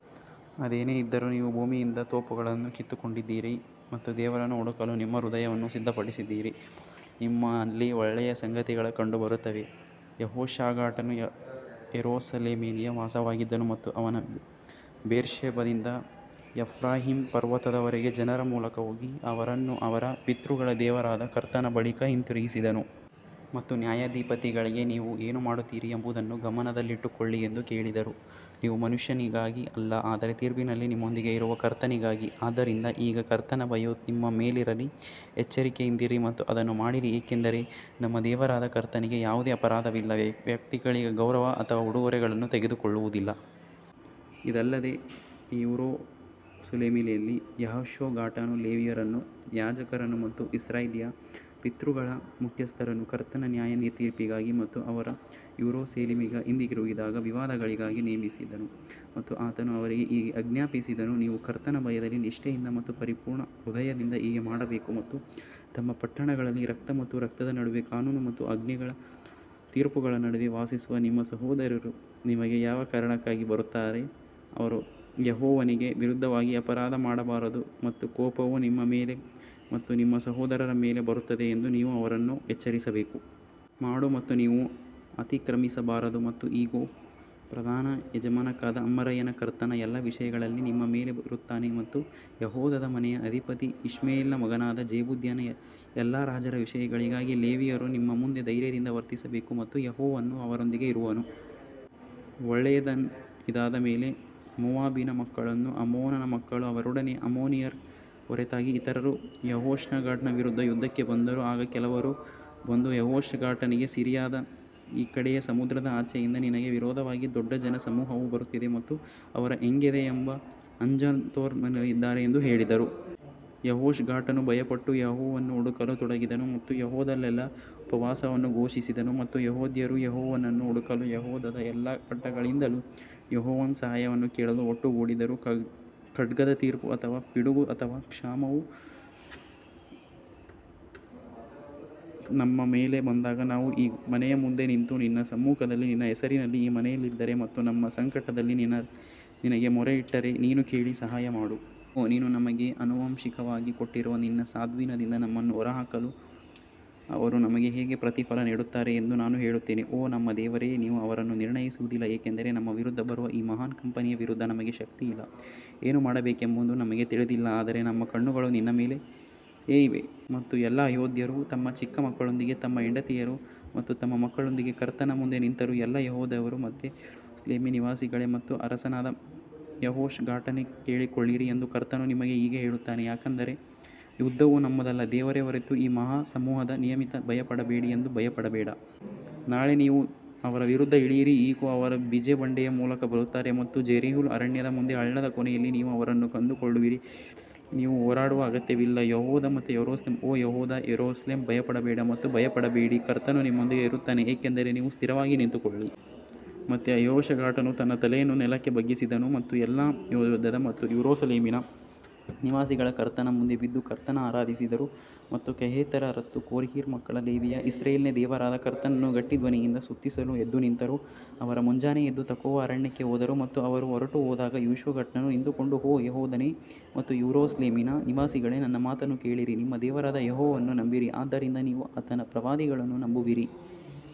ಅದೇನೇ ಇದ್ದರೂ, ನೀವು ಭೂಮಿಯಿಂದ ತೋಪುಗಳನ್ನು ಕಿತ್ತುಕೊಂಡಿದ್ದೀರಿ ಮತ್ತು ದೇವರನ್ನು ಹುಡುಕಲು ನಿಮ್ಮ ಹೃದಯವನ್ನು ಸಿದ್ಧಪಡಿಸಿದ್ದೀರಿ ಎಂಬುದರಲ್ಲಿ ನಿಮ್ಮಲ್ಲಿ ಒಳ್ಳೆಯ ಸಂಗತಿಗಳು ಕಂಡುಬರುತ್ತವೆ. ಯೆಹೋಷಾಫಾಟನು ಯೆರೂಸಲೇಮಿನಲ್ಲಿ ವಾಸವಾಗಿದ್ದನು ಮತ್ತು ಅವನು ಬೇರ್ಷೆಬದಿಂದ ಎಫ್ರಾಯೀಮ್ ಪರ್ವತದವರೆಗೆ ಜನರ ಮೂಲಕ ಹೋಗಿ ಅವರನ್ನು ಅವರ ಪಿತೃಗಳ ದೇವರಾದ ಕರ್ತನ ಬಳಿಗೆ ಹಿಂತಿರುಗಿಸಿದನು. ಮತ್ತು ನ್ಯಾಯಾಧಿಪತಿಗಳಿಗೆ ನೀವು ಏನು ಮಾಡುತ್ತೀರಿ ಎಂಬುದನ್ನು ಗಮನದಲ್ಲಿಟ್ಟುಕೊಳ್ಳಿ ಎಂದು ಹೇಳಿದರು, ನೀವು ಮನುಷ್ಯನಿಗಾಗಿ ಅಲ್ಲ, ಆದರೆ ತೀರ್ಪಿನಲ್ಲಿ ನಿಮ್ಮೊಂದಿಗೆ ಇರುವ ಕರ್ತನಿಗಾಗಿ. ಆದದರಿಂದ ಈಗ ಕರ್ತನ ಭಯವು ನಿಮ್ಮ ಮೇಲಿರಲಿ, ಎಚ್ಚರಿಕೆಯಿಂದಿರಿ ಮತ್ತು ಅದನ್ನು ಮಾಡಿರಿ ಏಕೆಂದರೆ ನಮ್ಮ ದೇವರಾದ ಕರ್ತನಿಗೆ ಯಾವುದೇ ಅಪರಾಧವಿಲ್ಲ, ವ್ಯಕ್ತಿಗಳ ಗೌರವ ಅಥವಾ ಉಡುಗೊರೆಗಳನ್ನು ತೆಗೆದುಕೊಳ್ಳುವುದಿಲ್ಲ. ಇದಲ್ಲದೆ ಯೆರೂಸಲೇಮಿನಲ್ಲಿ ಯೆಹೋಷಾಫಾಟನು ಲೇವಿಯರನ್ನು, ಯಾಜಕರನ್ನು ಮತ್ತು ಇಸ್ರಾಯೇಲ್ಯರ ಪಿತೃಗಳ ಮುಖ್ಯಸ್ಥರನ್ನು ಕರ್ತನ ನ್ಯಾಯತೀರ್ಪಿಗಾಗಿ ಮತ್ತು ಅವರು ಯೆರೂಸಲೇಮಿಗೆ ಹಿಂದಿರುಗಿದಾಗ ವಿವಾದಗಳಿಗಾಗಿ ನೇಮಿಸಿದನು. ಮತ್ತು ಆತನು ಅವರಿಗೆ ಹೀಗೆ ಆಜ್ಞಾಪಿಸಿದನು, ನೀವು ಕರ್ತನ ಭಯದಲ್ಲಿ ನಿಷ್ಠೆಯಿಂದ ಮತ್ತು ಪರಿಪೂರ್ಣ ಹೃದಯದಿಂದ ಹೀಗೆ ಮಾಡಬೇಕು ಮತ್ತು ತಮ್ಮ ಪಟ್ಟಣಗಳಲ್ಲಿ ರಕ್ತ ಮತ್ತು ರಕ್ತದ ನಡುವೆ ಕಾನೂನು ಮತ್ತು ಆಜ್ಞೆಗಳು ಮತ್ತು ತೀರ್ಪುಗಳ ನಡುವೆ ವಾಸಿಸುವ ನಿಮ್ಮ ಸಹೋದರರು ನಿಮಗೆ ಯಾವ ಕಾರಣಕ್ಕಾಗಿ ಬರುತ್ತಾರೆ, ಅವರು ಯೆಹೋವನಿಗೆ ವಿರುದ್ಧವಾಗಿ ಅಪರಾಧ ಮಾಡಬಾರದು ಮತ್ತು ಕೋಪವು ನಿಮ್ಮ ಮೇಲೆ ಮತ್ತು ನಿಮ್ಮ ಸಹೋದರರ ಮೇಲೆ ಬರುತ್ತದೆ ಎಂದು ನೀವು ಅವರನ್ನು ಎಚ್ಚರಿಸಬೇಕು. ಮಾಡು ಮತ್ತು ನೀವು ಅತಿಕ್ರಮಿಸಬಾರದು ಮತ್ತು ಇಗೋ, ಪ್ರಧಾನ ಯಾಜಕನಾದ ಅಮರಯ್ಯನು ಕರ್ತನ ಎಲ್ಲಾ ವಿಷಯಗಳಲ್ಲಿ ನಿಮ್ಮ ಮೇಲೆ ಇರುತ್ತಾನೆ ಮತ್ತು ಯೆಹೂದದ ಮನೆಯ ಅಧಿಪತಿ ಇಷ್ಮಾಯೇಲನ ಮಗನಾದ ಜೆಬದ್ಯನು ಎಲ್ಲಾ ರಾಜರ ವಿಷಯಗಳಿಗಾಗಿ ಲೇವಿಯರು ನಿಮ್ಮ ಮುಂದೆ ಧೈರ್ಯದಿಂದ ವರ್ತಿಸಬೇಕು ಮತ್ತು ಯೆಹೋವನು ಅವರೊಂದಿಗೆ ಇರುವನು. ಒಳ್ಳೆಯದು ಇದಾದ ಮೇಲೆ ಮೋವಾಬಿನ ಮಕ್ಕಳೂ ಅಮ್ಮೋನನ ಮಕ್ಕಳೂ ಅವರೊಡನೆ ಅಮ್ಮೋನಿಯರ ಹೊರತಾಗಿ ಇತರರೂ ಯೆಹೋಷಾಫಾಟನ ವಿರುದ್ಧ ಯುದ್ಧಕ್ಕೆ ಬಂದರು. ಆಗ ಕೆಲವರು ಬಂದು ಯೆಹೋಷಾಫಾಟನಿಗೆ ಸಿರಿಯದ ಈ ಕಡೆಯ ಸಮುದ್ರದ ಆಚೆಯಿಂದ ನಿನಗೆ ವಿರೋಧವಾಗಿ ದೊಡ್ಡ ಜನಸಮೂಹವು ಬರುತ್ತಿದೆ ಮತ್ತು ಅವರು ಎಂಗೆದಿ ಎಂಬ ಹಜಾಜೊಂತಮಾರ್ನಲ್ಲಿದ್ದಾರೆಂದು ಹೇಳಿದರು. ಯೆಹೋಷಾಫಾಟನು ಭಯಪಟ್ಟು ಯೆಹೋವನನ್ನು ಹುಡುಕಲು ತೊಡಗಿದನು ಮತ್ತು ಯೆಹೂದದಲ್ಲೆಲ್ಲಾ ಉಪವಾಸವನ್ನು ಘೋಷಿಸಿದನು. ಮತ್ತು ಯೆಹೂದ್ಯರು ಯೆಹೋವನನ್ನು ಹುಡುಕಲು ಯೆಹೂದದ ಎಲ್ಲಾ ಪಟ್ಟಣಗಳಿಂದಲೂ ಯೆಹೋವನ ಸಹಾಯವನ್ನು ಕೇಳಲು ಒಟ್ಟುಗೂಡಿದರು. ಖಡ್ಗದ ತೀರ್ಪು ಅಥವಾ ಪಿಡುಗು ಅಥವಾ ಕ್ಷಾಮವು ನಮ್ಮ ಮೇಲೆ ಬಂದಾಗ ನಾವು ಈ ಮನೆಯ ಮುಂದೆ ನಿಂತು ನಿನ್ನ ಸಮ್ಮುಖದಲ್ಲಿ ನಿನ್ನ ಹೆಸರಿನಲ್ಲಿ ಈ ಮನೆಯಲ್ಲಿದ್ದರೆ ಮತ್ತು ನಮ್ಮ ಸಂಕಟದಲ್ಲಿ ನಿನಗೆ ಮೊರೆಯಿಟ್ಟರೆ ನೀನು ಕೇಳಿ ಸಹಾಯ ಮಾಡು. ಇಗೋ, ನೀನು ನಮಗೆ ಆನುವಂಶಿಕವಾಗಿ ಕೊಟ್ಟಿರುವ ನಿನ್ನ ಸ್ವಾಧೀನದಿಂದ ನಮ್ಮನ್ನು ಹೊರಹಾಕಲು ಅವರು ನಮಗೆ ಹೇಗೆ ಪ್ರತಿಫಲ ನೀಡುತ್ತಾರೆ ಎಂದು ನಾನು ಹೇಳುತ್ತೇನೆ. ಓ ನಮ್ಮ ದೇವರೇ ನೀವು ಅವರನ್ನು ನಿರ್ಣಯಿಸುವುದಿಲ್ಲ ಏಕೆಂದರೆ ನಮ್ಮ ವಿರುದ್ಧ ಬರುವ ಈ ಮಹಾನ್ ಕಂಪನಿಯ ವಿರುದ್ಧ ನಮಗೆ ಶಕ್ತಿಯಿಲ್ಲ, ಏನು ಮಾಡಬೇಕೆಂದು ನಮಗೆ ತಿಳಿದಿಲ್ಲ ಆದರೆ ನಮ್ಮ ಕಣ್ಣುಗಳು ನಿನ್ನ ಮೇಲೆಯೇ ಇವೆ. ಮತ್ತು ಎಲ್ಲಾ ಯೆಹೂದ್ಯರು ತಮ್ಮ ಚಿಕ್ಕ ಮಕ್ಕಳೊಂದಿಗೆ ತಮ್ಮ ಹೆಂಡತಿಯರು ಮತ್ತು ತಮ್ಮ ಮಕ್ಕಳೊಂದಿಗೆ ಕರ್ತನ ಮುಂದೆ ನಿಂತರು ಎಲ್ಲಾ ಯೆಹೂದದವರೇ ಮತ್ತು ಯೆರೂಸಲೇಮಿನ ನಿವಾಸಿಗಳೇ ಮತ್ತು ಅರಸನಾದ ಯೆಹೋಷಾಫಾಟನೇ ಕೇಳಿಕೊಳ್ಳಿರಿ ಎಂದು ಕರ್ತನು ನಿಮಗೆ ಹೀಗೆ ಹೇಳುತ್ತಾನೆ ಯಾಕಂದರೆ ಯುದ್ಧವು ನಿಮ್ಮದಲ್ಲ, ದೇವರೇ ಹೊರತು ಈ ಮಹಾ ಸಮೂಹದ ನಿಮಿತ್ತ ಭಯಪಡಬೇಡ ಮತ್ತು ಭಯಪಡಬೇಡ. ನಾಳೆ ನೀವು ಅವರ ವಿರುದ್ಧ ಇಳಿಯಿರಿ, ಇಗೋ ಅವರು ಜಿಜ್ ಬಂಡೆಯ ಮೂಲಕ ಬರುತ್ತಾರೆ ಮತ್ತು ಜೆರುಯೆಲ್ ಅರಣ್ಯದ ಮುಂದೆ ಹಳ್ಳದ ಕೊನೆಯಲ್ಲಿ ನೀವು ಅವರನ್ನು ಕಂಡುಕೊಳ್ಳುವಿರಿ ಈ ಯುದ್ಧದಲ್ಲಿ ನೀವು ಹೋರಾಡುವ ಅಗತ್ಯವಿಲ್ಲ, ಯೆಹೂದ ಮತ್ತು ಯೆರೂಸಲೇಮ್, ಓ ಯೆಹೂದ ಮತ್ತು ಯೆರೂಸಲೇಮ್ ಭಯಪಡಬೇಡಿ ಮತ್ತು ಭಯಪಡಬೇಡಿ, ಕರ್ತನು ನಿಮ್ಮೊಂದಿಗೆ ಇರುತ್ತಾನೆ ಏಕೆಂದರೆ ನೀವು ಸ್ಥಿರವಾಗಿ ನಿಂತುಕೊಳ್ಳಿ. ಮತ್ತು ಯೆಹೋಷಾಫಾಟನು ತನ್ನ ತಲೆಯನ್ನು ನೆಲಕ್ಕೆ ಬಗ್ಗಿಸಿದನು ಮತ್ತು ಎಲ್ಲಾ ಯೆಹೂದ ಮತ್ತು ಯೆರೂಸಲೇಮಿನ ನಿವಾಸಿಗಳು ಕರ್ತನ ಮುಂದೆ ಬಿದ್ದು ಕರ್ತನನ್ನು ಆರಾಧಿಸಿದರು. ಮತ್ತು ಕೆಹಾತ್ಯರ ಮತ್ತು ಕೊರ್ಹಿಯರ ಮಕ್ಕಳ ಲೇವಿಯರು ಇಸ್ರಾಯೇಲಿನ ದೇವರಾದ ಕರ್ತನನ್ನು ಗಟ್ಟಿ ಧ್ವನಿಯಿಂದ ಸ್ತುತಿಸಲು ಎದ್ದು ನಿಂತರು. ಅವರು ಮುಂಜಾನೆ ಎದ್ದು ತೆಕೋವಾ ಅರಣ್ಯಕ್ಕೆ ಹೋದರು ಮತ್ತು ಅವರು ಹೊರಟುಹೋದಾಗ ಯೆಹೋಷಾಫಾಟನು ನಿಂತುಕೊಂಡು, ಓ ಯೆಹೂದನೇ ಮತ್ತು ಯೆರೂಸಲೇಮಿನ ನಿವಾಸಿಗಳೇ ನನ್ನ ಮಾತನ್ನು ಕೇಳಿರಿ, ನಿಮ್ಮ ದೇವರಾದ ಯೆಹೋವನನ್ನು ನಂಬಿರಿ, ಆದ್ದರಿಂದ ನೀವು ಆತನ ಪ್ರವಾದಿಗಳನ್ನು ನಂಬುವಿರಿ.